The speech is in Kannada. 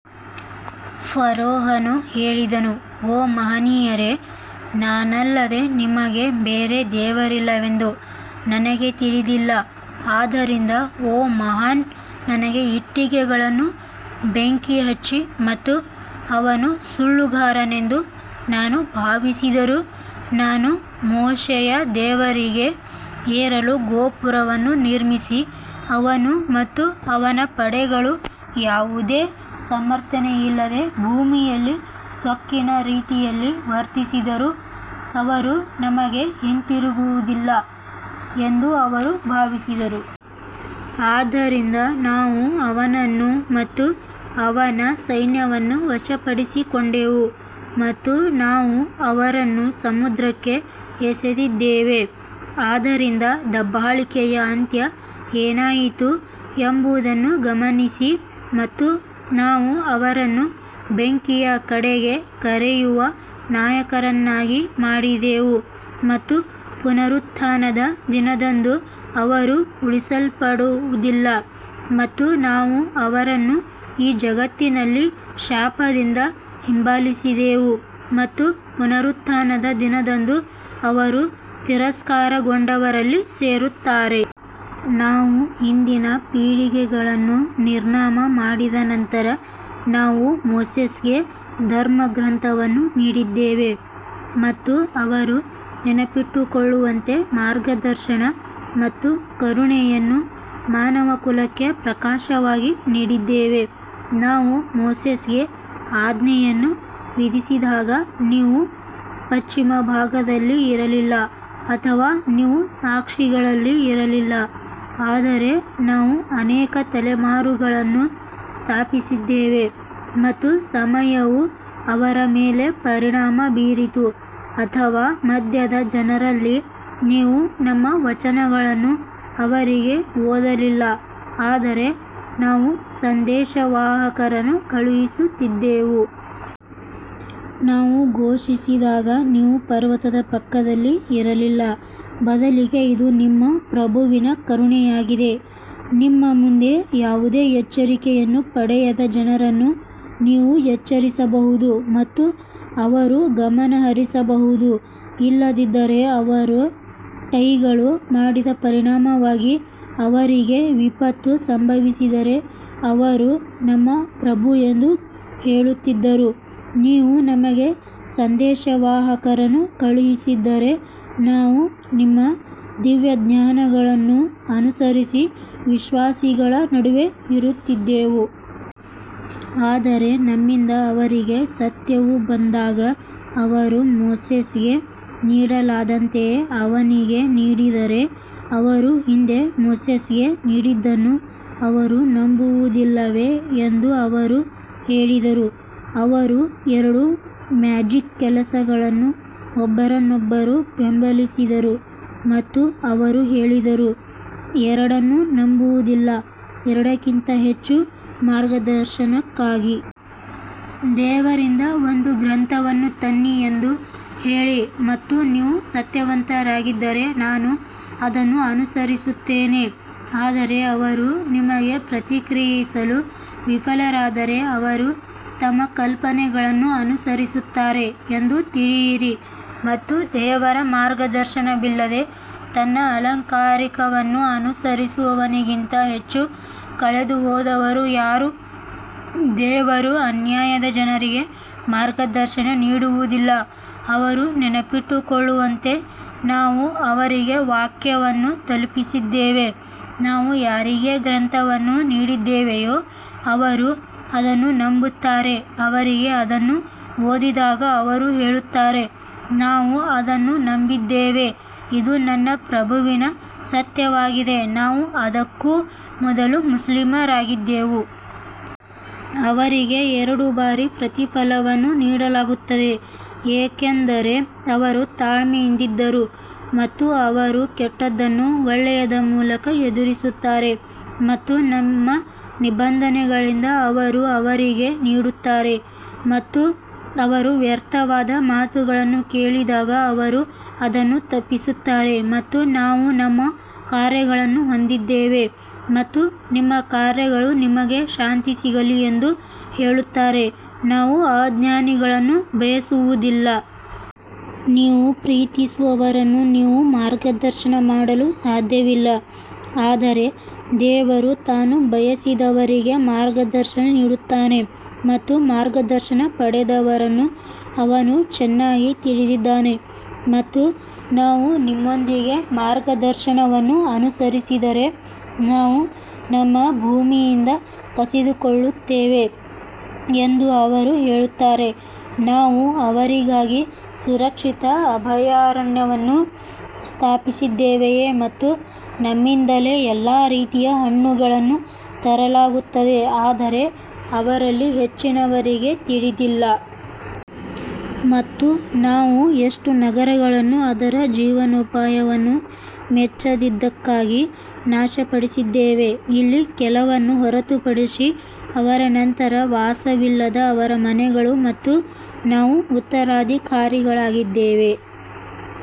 ಫರೋಹನು ಹೇಳಿದನು ಓ ಮಹನೀಯರೇ, ನಾನಲ್ಲದೆ ನಿಮಗೆ ಬೇರೆ ದೇವರಿಲ್ಲವೆಂದು ನನಗೆ ತಿಳಿದಿಲ್ಲ, ಆದ್ದರಿಂದ ಓ ಹಾಮಾನ್ ನನಗೆ ಇಟ್ಟಿಗೆಗಳನ್ನು ಬೆಂಕಿ ಹಚ್ಚಿ ಮತ್ತು ಅವನು ಸುಳ್ಳುಗಾರನೆಂದು ನಾನು ಭಾವಿಸಿದರೂ ನಾನು ಮೋಶೆಯ ದೇವರಿಗೆ ಏರಲು ಗೋಪುರವನ್ನು ನಿರ್ಮಿಸಿ ಅವನು ಮತ್ತು ಅವನ ಪಡೆಗಳು ಯಾವುದೇ ಸಮರ್ಥನೆಯಿಲ್ಲದೆ ಭೂಮಿಯಲ್ಲಿ ಸೊಕ್ಕಿನ ರೀತಿಯಲ್ಲಿ ವರ್ತಿಸಿದರು, ಅವರು ನಮಗೆ ಹಿಂತಿರುಗುವುದಿಲ್ಲ ಎಂದು ಅವರು ಭಾವಿಸಿದರು. ಆದ್ದರಿಂದ ನಾವು ಅವನನ್ನು ಮತ್ತು ಅವನ ಸೈನ್ಯವನ್ನು ವಶಪಡಿಸಿಕೊಂಡೆವು ಮತ್ತು ನಾವು ಅವರನ್ನು ಸಮುದ್ರಕ್ಕೆ ಎಸೆದಿದ್ದೇವೆ ಆದ್ದರಿಂದ ದಬ್ಬಾಳಿಕೆಯ ಅಂತ್ಯ ಏನಾಯಿತು ಎಂಬುದನ್ನು ಗಮನಿಸಿ ಮತ್ತು ನಾವು ಅವರನ್ನು ಬೆಂಕಿಯ ಕಡೆಗೆ ಕರೆಯುವ ನಾಯಕರನ್ನಾಗಿ ಮಾಡಿದೆವು ಮತ್ತು ಪುನರುತ್ಥಾನದ ದಿನದಂದು ಅವರು ಉಳಿಸಲ್ಪಡುವುದಿಲ್ಲ ಮತ್ತು ನಾವು ಅವರನ್ನು ಈ ಜಗತ್ತಿನಲ್ಲಿ ಶಾಪದಿಂದ ಹಿಂಬಾಲಿಸಿದೆವು ಮತ್ತು ಪುನರುತ್ಥಾನದ ದಿನದಂದು ಅವರು ತಿರಸ್ಕಾರಗೊಂಡವರಲ್ಲಿ ಸೇರುತ್ತಾರೆ. ನಾವು ಹಿಂದಿನ ಪೀಳಿಗೆಗಳನ್ನು ನಿರ್ನಾಮ ಮಾಡಿದ ನಂತರ ನಾವು ಮೋಸೆಸ್ಗೆ ಧರ್ಮಗ್ರಂಥವನ್ನು ನೀಡಿದ್ದೇವೆ ಮತ್ತು ಅವರು ನೆನಪಿಟ್ಟುಕೊಳ್ಳುವಂತೆ ಮಾರ್ಗದರ್ಶನ ಮತ್ತು ಕರುಣೆಯನ್ನು ಮಾನವಕುಲಕ್ಕೆ ಪ್ರಕಾಶವಾಗಿ ನೀಡಿದ್ದೇವೆ. ನಾವು ಮೋಸೆಸ್ಗೆ ಆಜ್ಞೆಯನ್ನು ವಿಧಿಸಿದಾಗ ನೀವು ಪಶ್ಚಿಮ ಭಾಗದಲ್ಲಿ ಇರಲಿಲ್ಲ ಅಥವಾ ನೀವು ಸಾಕ್ಷಿಗಳಲ್ಲಿ ಇರಲಿಲ್ಲ ಆದರೆ ನಾವು ಅನೇಕ ತಲೆಮಾರುಗಳನ್ನು ಸ್ಥಾಪಿಸಿದ್ದೇವೆ ಮತ್ತು ಸಮಯವು ಅವರ ಮೇಲೆ ಪರಿಣಾಮ ಬೀರಿತು ಅಥವಾ ಮಧ್ಯದ ಜನರಲ್ಲಿ ನೀವು ನಮ್ಮ ವಚನಗಳನ್ನು ಅವರಿಗೆ ಓದಲಿಲ್ಲ ಆದರೆ ನಾವು ಸಂದೇಶವಾಹಕರನ್ನು ಕಳುಹಿಸುತ್ತಿದ್ದೆವು. ನಾವು ಘೋಷಿಸಿದಾಗ ನೀವು ಪರ್ವತದ ಪಕ್ಕದಲ್ಲಿ ಇರಲಿಲ್ಲ, ಬದಲಿಗೆ ಇದು ನಿಮ್ಮ ಪ್ರಭುವಿನ ಕರುಣೆಯಾಗಿದೆ, ನಿಮ್ಮ ಮುಂದೆ ಯಾವುದೇ ಎಚ್ಚರಿಕೆಯನ್ನು ಪಡೆಯದ ಜನರನ್ನು ನೀವು ಎಚ್ಚರಿಸಬಹುದು ಮತ್ತು ಅವರು ಗಮನಹರಿಸಬಹುದು. ಇಲ್ಲದಿದ್ದರೆ ಅವರ ಕೈಗಳು ಮಾಡಿದ ಪರಿಣಾಮವಾಗಿ ಅವರಿಗೆ ವಿಪತ್ತು ಸಂಭವಿಸಿದರೆ ಅವರು ನಮ್ಮ ಪ್ರಭು ಎಂದು ಹೇಳುತ್ತಿದ್ದರು, ನೀವು ನಮಗೆ ಸಂದೇಶವಾಹಕರನ್ನು ಕಳುಹಿಸಿದ್ದರೆ ನಾವು ನಿಮ್ಮ ದಿವ್ಯಜ್ಞಾನಗಳನ್ನು ಅನುಸರಿಸಿ ವಿಶ್ವಾಸಿಗಳ ನಡುವೆ ಇರುತ್ತಿದ್ದೆವು. ಆದರೆ ನಮ್ಮಿಂದ ಅವರಿಗೆ ಸತ್ಯವು ಬಂದಾಗ ಅವರು ಮೋಸೆಸ್ಗೆ ನೀಡಲಾದಂತೆಯೇ ಅವನಿಗೆ ನೀಡಿದರೆ ಅವರು ಹಿಂದೆ ಮೋಸೆಸ್ಗೆ ನೀಡಿದ್ದನ್ನು ಅವರು ನಂಬುವುದಿಲ್ಲವೇ ಎಂದು ಅವರು ಹೇಳಿದರು ಅವರು ಎರಡು ಮ್ಯಾಜಿಕ್ ಕೆಲಸಗಳನ್ನು ಒಬ್ಬರನ್ನೊಬ್ಬರು ಬೆಂಬಲಿಸಿದರು ಮತ್ತು ಅವರು ಹೇಳಿದರು. ಎರಡನ್ನೂ ನಂಬುವುದಿಲ್ಲ ಎರಡಕ್ಕಿಂತ ಹೆಚ್ಚು ಮಾರ್ಗದರ್ಶನಕ್ಕಾಗಿ ದೇವರಿಂದ ಒಂದು ಗ್ರಂಥವನ್ನು ತನ್ನಿ ಎಂದು ಹೇಳಿ ಮತ್ತು ನೀವು ಸತ್ಯವಂತರಾಗಿದ್ದರೆ ನಾನು ಅದನ್ನು ಅನುಸರಿಸುತ್ತೇನೆ ಆದರೆ ಅವರು ನಿಮಗೆ ಪ್ರತಿಕ್ರಿಯಿಸಲು ವಿಫಲರಾದರೆ ಅವರು ತಮ್ಮ ಕಲ್ಪನೆಗಳನ್ನು ಅನುಸರಿಸುತ್ತಾರೆ ಎಂದು ತಿಳಿಯಿರಿ ಮತ್ತು ದೇವರ ಮಾರ್ಗದರ್ಶನವಿಲ್ಲದೆ ತನ್ನ ಅಲಂಕಾರಿಕವನ್ನು ಅನುಸರಿಸುವವನಿಗಿಂತ ಹೆಚ್ಚು ಕಳೆದುಹೋದವರು ಯಾರು ದೇವರು ಅನ್ಯಾಯದ ಜನರಿಗೆ ಮಾರ್ಗದರ್ಶನ ನೀಡುವುದಿಲ್ಲ ಅವರು ನೆನಪಿಟ್ಟುಕೊಳ್ಳುವಂತೆ ನಾವು ಅವರಿಗೆ ವಾಕ್ಯವನ್ನು ತಲುಪಿಸಿದ್ದೇವೆ ನಾವು ಯಾರಿಗೆ ಗ್ರಂಥವನ್ನು ನೀಡಿದ್ದೇವೆಯೋ ಅವರು ಅದನ್ನು ನಂಬುತ್ತಾರೆ ಅವರಿಗೆ ಅದನ್ನು ಓದಿದಾಗ ಅವರು ಹೇಳುತ್ತಾರೆ ನಾವು ಅದನ್ನು ನಂಬಿದ್ದೇವೆ ಇದು ನಮ್ಮ ಪ್ರಭುವಿನ ಸತ್ಯವಾಗಿದೆ ನಾವು ಅದಕ್ಕೂ ಮೊದಲು ಮುಸ್ಲಿಮರಾಗಿದ್ದೆವು. ಅವರಿಗೆ ಎರಡು ಬಾರಿ ಪ್ರತಿಫಲವನ್ನು ನೀಡಲಾಗುತ್ತದೆ ಏಕೆಂದರೆ ಅವರು ತಾಳ್ಮೆಯಿಂದಿದ್ದರು ಮತ್ತು ಅವರು ಕೆಟ್ಟದ್ದನ್ನು ಒಳ್ಳೆಯದ ಮೂಲಕ ಎದುರಿಸುತ್ತಾರೆ ಮತ್ತು ನಮ್ಮ ನಿಬಂಧನೆಗಳಿಂದ ಅವರು ಅವರಿಗೆ ನೀಡುತ್ತಾರೆ ಮತ್ತು ಅವರು ವ್ಯರ್ಥವಾದ ಮಾತುಗಳನ್ನು ಕೇಳಿದಾಗ ಅವರು ಅದನ್ನು ತಪ್ಪಿಸುತ್ತಾರೆ ಮತ್ತು ನಾವು ನಮ್ಮ ಕಾರ್ಯಗಳನ್ನು ಹೊಂದಿದ್ದೇವೆ ಮತ್ತು ನಿಮ್ಮ ಕಾರ್ಯಗಳು ನಿಮಗೆ ಶಾಂತಿ ಸಿಗಲಿ ಎಂದು ಹೇಳುತ್ತಾರೆ ನಾವು ಅಜ್ಞಾನಿಗಳನ್ನು ಬಯಸುವುದಿಲ್ಲ. ನೀವು ಪ್ರೀತಿಸುವವರನ್ನು ನೀವು ಮಾರ್ಗದರ್ಶನ ಮಾಡಲು ಸಾಧ್ಯವಿಲ್ಲ ಆದರೆ ದೇವರು ತಾನು ಬಯಸಿದವರಿಗೆ ಮಾರ್ಗದರ್ಶನ ನೀಡುತ್ತಾನೆ ಮತ್ತು ಮಾರ್ಗದರ್ಶನ ಪಡೆದವರನ್ನು ಅವನು ಚೆನ್ನಾಗಿ ತಿಳಿದಿದ್ದಾನೆ ಮತ್ತು ನಾವು ನಿಮ್ಮೊಂದಿಗೆ ಮಾರ್ಗದರ್ಶನವನ್ನು ಅನುಸರಿಸಿದರೆ ನಾವು ನಮ್ಮ ಭೂಮಿಯಿಂದ ಕಸಿದುಕೊಳ್ಳುತ್ತೇವೆ ಎಂದು ಅವರು ಹೇಳುತ್ತಾರೆ, ನಾವು ಅವರಿಗಾಗಿ ಸುರಕ್ಷಿತ ಅಭಯಾರಣ್ಯವನ್ನು ಸ್ಥಾಪಿಸಿದ್ದೇವೆಯೇ ಮತ್ತು ನಮ್ಮಿಂದಲೇ ಎಲ್ಲಾ ರೀತಿಯ ಹಣ್ಣುಗಳನ್ನು ತರಲಾಗುತ್ತದೆ ಆದರೆ ಅವರಲ್ಲಿ ಹೆಚ್ಚಿನವರಿಗೆ ತಿಳಿದಿಲ್ಲ. ಮತ್ತು ನಾವು ಎಷ್ಟು ನಗರಗಳನ್ನು ಅದರ ಜೀವನೋಪಾಯವನ್ನು ಮೆಚ್ಚದಿದ್ದಕ್ಕಾಗಿ ನಾಶಪಡಿಸಿದ್ದೇವೆ ಇಲ್ಲಿ ಕೆಲವನ್ನು ಹೊರತುಪಡಿಸಿ ಅವರ ನಂತರ ವಾಸವಿಲ್ಲದ ಅವರ ಮನೆಗಳು ಮತ್ತು ನಾವು ಉತ್ತರಾಧಿಕಾರಿಗಳಾಗಿದ್ದೇವೆ.